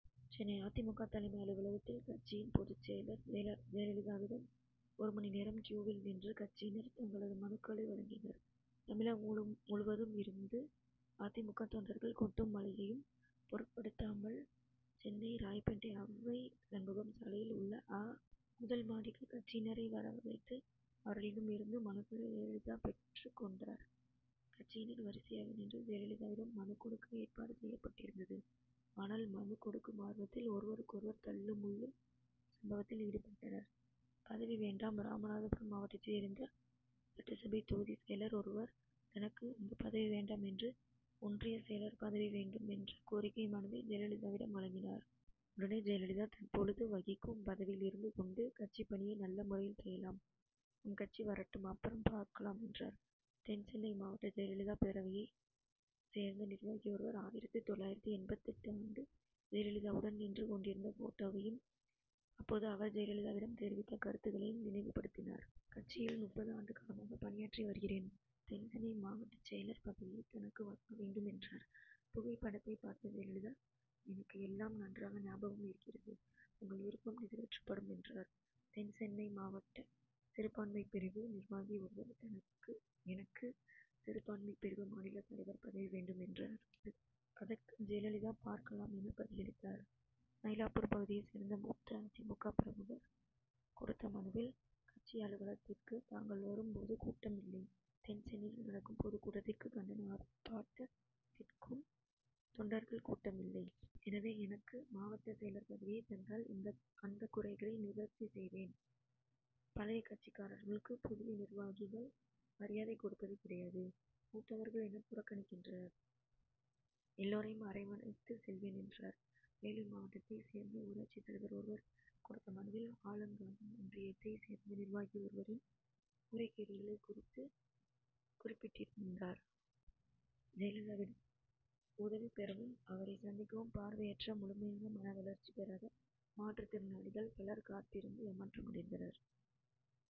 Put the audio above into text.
சென்னை அ. தி. மு. க. தலைமை அலுவலகத்தில் கட்சியின் பொதுச்செயலர் ஜெயலலிதாவிடம் ஒரு மணி நேரம் கியூவில் நின்று கட்சியினர் தங்களது மனுக்களை வழங்கினர். தமிழகம் முழுவதும் இருந்து அ. தி. மு. க. தொண்டர்கள் கொட்டும் மழையையும் பொருட்படுத்தாமல் சென்னை ராயப்பேட்டை அவ்வை சண்முகம் சாலையில் உள்ள அ. முதல் மாடிக்கு கட்சியினரை வரவழைத்து அவர்களிடம் இருந்து மனுக்களை ஜெயலலிதா பெற்றுக் கொண்டார். கட்சியினர் வரிசையாக நின்று ஜெயலலிதாவிடம் மனு கொடுக்க ஏற்பாடு செய்யப்பட்டிருந்தது. ஆனால் மனு கொடுக்கும் ஆர்வத்தில் ஒருவருக்கொருவர் தள்ளு முள்ளு சம்பவத்தில் ஈடுபட்டனர். பதவி வேண்டாம் ராமநாதபுரம் மாவட்டத்தை சேர்ந்த சட்டசபை தொகுதி செயலர் ஒருவர் தனக்கு அந்த பதவி வேண்டாம் என்றும் ஒன்றிய செயலர் பதவி வேண்டும் என்ற கோரிக்கை மனுவை ஜெயலலிதாவிடம் வழங்கினார். உடனே ஜெயலலிதா தற்பொழுது வகிக்கும் பதவியில் இருந்து கொண்டு கட்சிப் பணியை நல்ல முறையில் செய்யலாம். நம் ஆட்சி வரட்டும் அப்புறம் பார்க்கலாம் என்றார். தென்சென்னை மாவட்ட ஜெயலலிதா பேரவையை சேர்ந்த நிர்வாகி ஒருவர் ஆயிரத்து தொள்ளாயிரத்து எண்பத்தெட்டு ஆண்டு ஜெயலலிதாவுடன் நின்றுக் கொண்டிருந்த போட்டோவையும் அப்போது அவர் ஜெயலலிதாவிடம் தெரிவித்த கருத்தைக்களையும் நினைவு படுத்தினார். கட்சியில் முப்பது ஆண்டு காலமாக பணியாற்றி வருகிறேன். தென் சென்னை மாவட்டச் செயலர் பதவியை தனக்கு வழங்க வேண்டும் என்றார். புகைப்படத்தை பார்த்த ஜெயலலிதா எனக்கு எல்லாம் நன்றாக ஞாபகம் இருக்கிறது. உங்கள் விருப்பம் நிறைவேற்றப்படும் என்றார். தென் சென்னை மாவட்ட சிறுபான்மை பிரிவு நிர்வாகி ஒருவர் எனக்கு சிறுபான்மை பிரிவு மாநில தலைவர் பதவி வேண்டும் என்றார். அதற்கு ஜெயலலிதா பார்க்கலாம் என பதிலளித்தார். மயிலாப்பூர் பகுதியை சேர்ந்த மூத்த அ. தி. மு. க. பிரமுகர் கொடுத்த மனுவில் கட்சி அலுவலகத்திற்கு தாங்கள் வரும் போது கூட்டம் இல்லை. தென் சென்னையில் நடக்கும் பொதுக்கூட்டத்திற்கும் கண்டன ஆர்ப்பாட்டத் திற்கும் தொண்டர்கள் கூட்டம் இல்லை. எனவே எனக்கு மாவட்டச் செயலர் பதவியை தந்தால் அந்த குறைகளை நிவர்த்தி செய்வேன். பழைய கட்சிக்காரர்களுக்கு புதிய நிர்வாகிகள் மரியாதை கொடுப்பது கிடையாது. மூத்தவர்கள் என புறக்கணிக்கின்றனர். எல்லோரையும் அரவணைத்துச் செல்வேன் என்றார். வேலூர் மாவட்டத்தைச் சேர்ந்த ஊராட்சி தலைவர் ஒருவர் கொடுத்த மனுவில் ஆலங்காயம் ஒன்றியத்தைச் சேர்ந்த நிர்வாகி ஒருவரின் முறைகேடுகளை குறித்து குறிப்பிட்டிருந்தார். ஜெயலலிதாவிடம் உதவி பெறவும் அவரை சந்திக்கவும் பார்வையற்ற முழுமையான மனவளர்ச்சி பெறாத மாற்று திறனாளிகள் பலர் காத்திருந்து ஏமாற்றமடைந்தனர்.